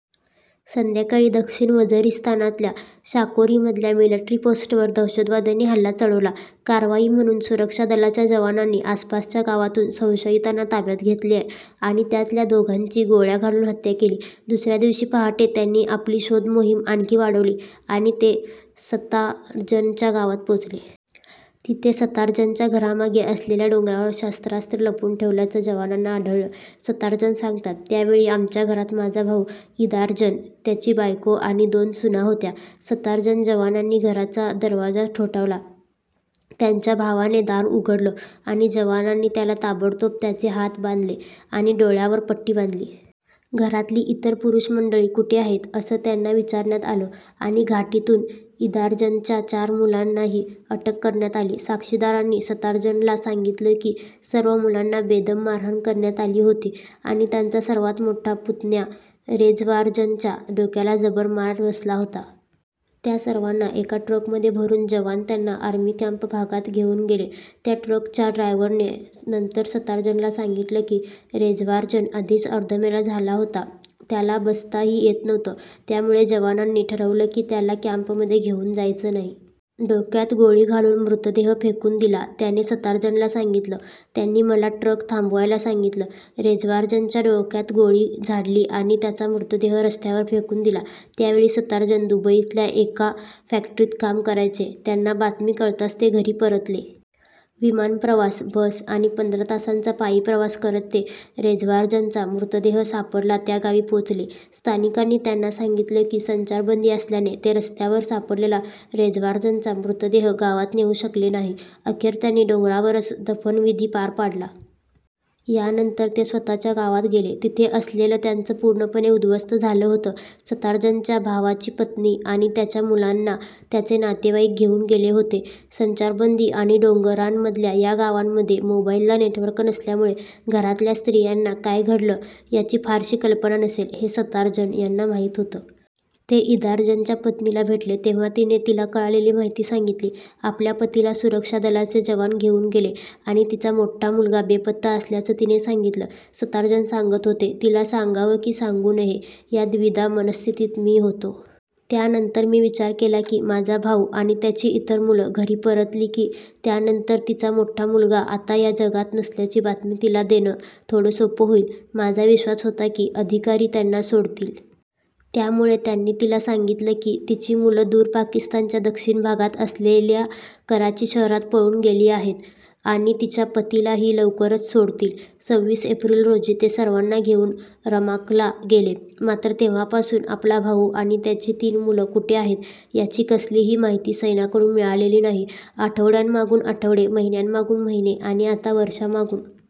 संध्याकाळी दक्षिण वझिरीस्तानातल्या शाकोरीमधल्या मिलिट्री पोस्टवर दहशतवाद्यांनी हल्ला चढवला. कारवाई म्हणून सुरक्षा दलाच्या जवानांनी आसपासच्या गावातून संशयितांना ताब्यात घेतलं आणि त्यातल्या दोघांची गोळ्या घालून हत्या केली. दुसऱ्या दिवशी पहाटे त्यांनी आपली शोध मोहीम आणखी वाढवली आणि ते सतार्जनच्या गावात पोचले. तिथे सतार्जनच्या घरामागे असलेल्या डोंगरावर शस्त्रास्त्र लपवून ठेवल्याचं जवानांना आढळलं. सतार्जन सांगतात, त्यावेळी आमच्या घरात माझा भाऊ इदार्जन, त्याची बायको आणि दोन सुना होत्या. सतार्जन जवानांनी घराचा दरवाजा ठोठावला. त्यांच्या भावाने दार उघडलं आणि जवानांनी त्याला ताबडतोब त्याचे हात बांधले आणि डोळ्यावर पट्टी बांधली. घरातली इतर पुरूष मंडळी कुठे आहेत, असं त्यांना विचारण्यात आलं आणि घाटीतून इदार्जनच्या चार मुलांनाही अटक करण्यात आली. साक्षीदारांनी सतार्जनला सांगितलं की सर्व मुलांना बेदम मारहाण करण्यात आली होती आणि त्यांचा सर्वात मोठा पुतण्या रेझवार्जनच्या डोक्याला जबर मार बसला होता. त्या सर्वांना एका ट्रकमध्ये भरून जवान त्यांना आर्मी कॅम्प भागात घेऊन गेले. त्या ट्रकच्या ड्रायव्हरने नंतर सतार्जनला सांगितलं की रेझवार्जन आधीच अर्धमेला झाला होता. त्याला बसताही येत नव्हतं. त्यामुळे जवानांनी ठरवलं की त्याला कॅम्पमध्ये घेऊन जायचं नाही. डोक्यात गोळी घालून मृतदेह फेकून दिला त्याने सतार्जनला सांगितलं, त्यांनी मला ट्रक थांबवायला सांगितलं. रेझवार्जनच्या डोक्यात गोळी झाडली आणि त्याचा मृतदेह रस्त्यावर फेकून दिला. त्यावेळी सतार्जन दुबईतल्या एका फॅक्ट्रीत काम करायचे. त्यांना बातमी कळताच ते घरी परतले. विमानप्रवास, बस आणि पंधरा तासांचा पायी प्रवास करत ते रेझवार्जनचा मृतदेह सापडला त्या गावी पोचले. स्थानिकांनी त्यांना सांगितलं की संचारबंदी असल्याने ते रस्त्यावर सापडलेला रेझवार्जनचा मृतदेह गावात नेऊ शकले नाही. अखेर त्यांनी डोंगरावरच दफनविधी पार पाडला. यानंतर ते स्वतःच्या गावात गेले. तिथे असलेलं त्यांचं पूर्णपणे उद्ध्वस्त झालं होतं. सतार्जनच्या भावाची पत्नी आणि त्याच्या मुलांना त्याचे नातेवाईक घेऊन गेले होते. संचारबंदी आणि डोंगरांमधल्या या गावांमध्ये मोबाईलला नेटवर्क नसल्यामुळे घरातल्या स्त्रियांना काय घडलं, याची फारशी कल्पना नसेल, हे सतार्जन यांना माहिती होतं. ते इदार्जनच्या पत्नीला भेटले तेव्हा तिने तिला कळालेली माहिती सांगितली. आपल्या पतीला सुरक्षा दलाचे जवान घेऊन गेले आणि तिचा मोठा मुलगा बेपत्ता असल्याचं तिने सांगितलं. सतार्जन सांगत होते, तिला सांगावं की सांगू नये, या द्विधा मनःस्थितीत मी होतो. त्यानंतर मी विचार केला की माझा भाऊ आणि त्याची इतर मुलं घरी परतली की त्यानंतर तिचा मोठा मुलगा आता या जगात नसल्याची बातमी तिला देणं थोडं सोपं होईल. माझा विश्वास होता की अधिकारी त्यांना सोडतील. त्यामुळे त्यांनी तिला सांगितलं की तिची मुलं दूर पाकिस्तानच्या दक्षिण भागात असलेल्या कराची शहरात पळून गेली आहेत आणि तिच्या पतीलाही लवकरच सोडतील. सव्वीस एप्रिल रोजी ते सर्वांना घेऊन रमाकला गेले. मात्र, तेव्हापासून आपला भाऊ आणि त्याची तीन मुलं कुठे आहेत, याची कसलीही माहिती सैन्याकडून मिळालेली नाही. आठवड्यांमागून आठवडे, महिन्यांमागून महिने आणि आता वर्षांमागून